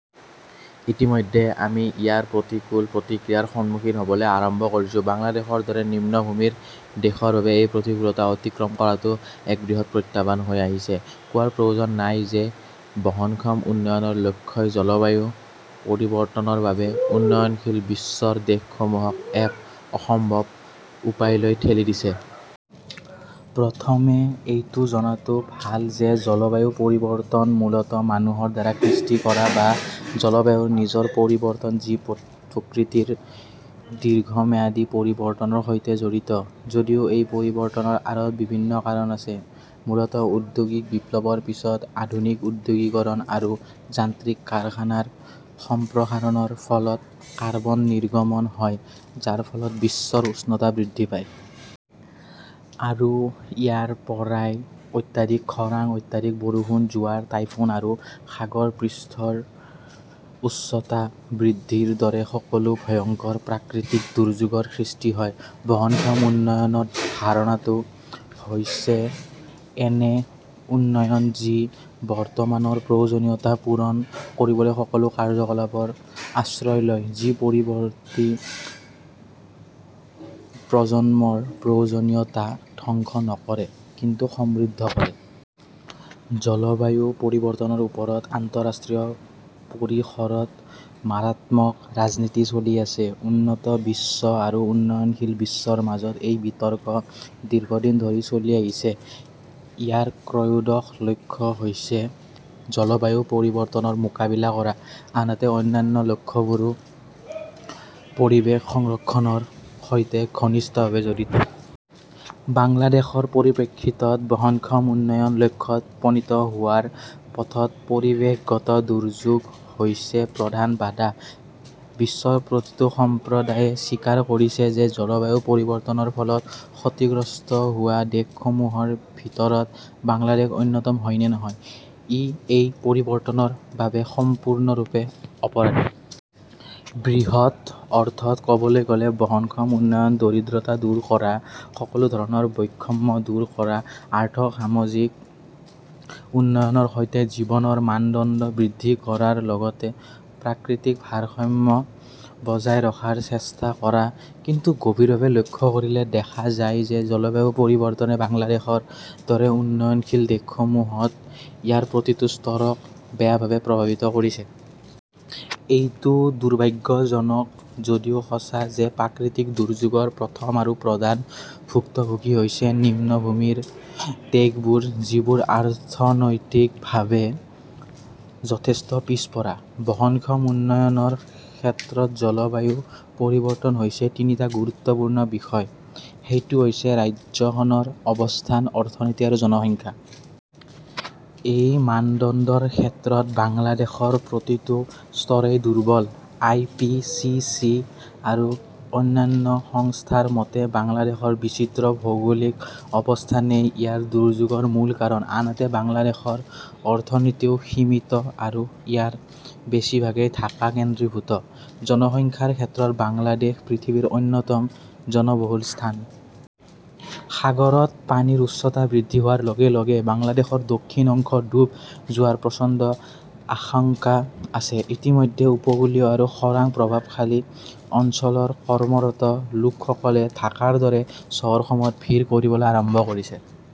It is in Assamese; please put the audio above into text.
ইতিমধ্যে আমি ইয়াৰ প্ৰতিকূল প্ৰতিক্ৰিয়াৰ সন্মুখীন হ'বলৈ আৰম্ভ কৰিছো। বাংলাদেশৰ দৰে নিম্নভূমিৰ দেশৰ বাবে এই প্ৰতিকূলতা অতিক্ৰম কৰাটো এক বৃহৎ প্ৰত্যাহ্বান হৈ আহিছে। কোৱাৰ প্ৰয়োজন নাই যে বহনক্ষম উন্নয়নৰ লক্ষ্যই জলবায়ু পৰিৱৰ্তনৰ বাবে উন্নয়নশীল বিশ্বৰ দেশসমূহক এক অসম্ভৱ উপায়লৈ ঠেলি দিছে। প্ৰথমে এইটো জনাটো ভাল যে জলবায়ু পৰিৱৰ্তন মূলতঃ মানুহৰ দ্বাৰা সৃষ্টি কৰা বা জলবায়ুৰ নিজৰ পৰিৱৰ্তন যি প্ৰকৃতিৰ দীৰ্ঘম্যাদী পৰিৱৰ্তনৰ সৈতে জড়িত। যদিও এই পৰিৱৰ্তনৰ আঁৰত বিভিন্ন কাৰণ আছে, মূলতঃ ঔদ্যোগিক বিপ্লৱৰ পিছত আধুনিক ঔদ্যোগিকৰণ আৰু যান্ত্ৰিক কাৰখানাৰ সম্প্ৰসাৰণৰ ফলত কাৰ্বন নিৰ্গমন হয় যাৰ ফলত বিশ্বৰ উষ্ণতা বৃদ্ধি পায়। আৰু ইয়াৰ পৰাই অত্যাধিক খৰাং, অত্যাধিক বৰষুণ, জোৱাৰ, টাইফুন আৰু সাগৰ পৃষ্ঠৰ উচ্চতা বৃদ্ধিৰ দৰে সকলো ভয়ংকৰ প্ৰাকৃতিক দুৰ্যোগৰ সৃষ্টি হয়। বহনক্ষম উন্নয়নৰ ধাৰণাটো হৈছে এনে উন্নয়ন যি বৰ্তমানৰ প্ৰয়োজনীয়তা পূৰণ কৰিবলৈ সকলো কাৰ্যকলাপৰ আশ্ৰয় লয়, যি পৰৱৰ্তী প্ৰজন্মৰ প্ৰয়োজনীয়তা ধ্বংস নকৰে কিন্তু সমৃদ্ধ কৰে। জলবায়ু পৰিৱৰ্তনৰ ওপৰত আন্তঃৰাষ্ট্ৰীয় পৰিসৰত মাৰাত্মক ৰাজনীতি চলি আছে। উন্নত বিশ্ব আৰু উন্নয়নশীল বিশ্বৰ মাজত এই বিতৰ্ক দীৰ্ঘদিন ধৰি চলি আহিছে। ইয়াৰ ত্ৰয়োদশ লক্ষ্য হৈছে জলবায়ু পৰিৱৰ্তনৰ মোকাবিলা কৰা, আনহাতে অন্যান্য লক্ষ্যবোৰো পৰিৱেশ সংৰক্ষণৰ সৈতে ঘনিষ্ঠভাৱে জড়িত। বাংলাদেশৰ পৰিপ্ৰেক্ষিতত বহনক্ষম উন্নয়ন লক্ষ্যত উপনীত হোৱাৰ পথত পৰিৱেশগত দুৰ্যোগ হৈছে প্ৰধান বাধা। বিশ্বৰ প্ৰতিটো সম্প্ৰদায়ে স্বীকাৰ কৰিছে যে জলবায়ু পৰিৱৰ্তনৰ ফলত ক্ষতিগ্ৰস্ত হোৱা দেশসমূহৰ ভিতৰত বাংলাদেশ অন্যতম হয় নে নহয়, ই এই পৰিৱৰ্তনৰ বাবে সম্পূৰ্ণৰূপে অপৰাধী। বৃহৎ অৰ্থত ক'বলৈ গ'লে, বহনক্ষম উন্নয়ন, দৰিদ্ৰতা দূৰ কৰা, সকলো ধৰণৰ বৈষম্য দূৰ কৰা, আৰ্থ-সামাজিক উন্নয়নৰ সৈতে জীৱনৰ মানদণ্ড বৃদ্ধি কৰাৰ লগতে প্ৰাকৃতিক ভাৰসাম্য বজাই ৰখাৰ চেষ্টা কৰা; কিন্তু গভীৰভাৱে লক্ষ্য কৰিলে দেখা যায় যে জলবায়ু পৰিৱৰ্তনে বাংলাদেশৰ দৰে উন্নয়নশীল দেশসমূহত ইয়াৰ প্ৰতিটো স্তৰক বেয়াভাৱে প্ৰভাৱিত কৰিছে। এইটো দুৰ্ভাগ্যজনক যদিও সঁচা যে প্ৰাকৃতিক দুৰ্যোগৰ প্ৰথম আৰু প্ৰধান ভুক্তভোগী হৈছে নিম্নভূমিৰ দেশবোৰ, যিবোৰ অৰ্থনৈতিকভাৱে যথেষ্ট পিছপৰা। বহনক্ষম উন্নয়নৰ ক্ষেত্ৰত জলবায়ু পৰিৱৰ্তন হৈছে তিনিটা গুৰুত্বপূৰ্ণ বিষয়। সেইটো হৈছে ৰাজ্যখনৰ অৱস্থান, অৰ্থনীতি আৰু জনসংখ্যা। এই মানদণ্ডৰ ক্ষেত্ৰত বাংলাদেশৰ প্ৰতিটো স্তৰেই দুৰ্বল। আই. পি. চি. চি. আৰু অন্যান্য সংস্থাৰ মতে বাংলাদেশৰ বিচিত্ৰ ভৌগোলিক অৱস্থানেই ইয়াৰ দুৰ্যোগৰ মূল কাৰণ। আনহাতে বাংলাদেশৰ অৰ্থনীতিও সীমিত আৰু ইয়াৰ বেছিভাগেই ঢাকা কেন্দ্ৰীভূত। জনসংখ্যাৰ ক্ষেত্ৰত বাংলাদেশ পৃথিৱীৰ অন্যতম জনবহুল স্থান। সাগৰত পানীৰ উচ্চতা বৃদ্ধি হোৱাৰ লগে লগে বাংলাদেশৰ দক্ষিণ অংশ ডুব যোৱাৰ প্ৰচণ্ড আশংকা আছে। ইতিমধ্যে উপকূলীয় আৰু খৰাং প্ৰভাৱশালী অঞ্চলৰ কৰ্মৰত লোকসকলে ঢাকাৰ দৰে চহৰসমূহত ভিৰ কৰিবলৈ আৰম্ভ কৰিছে।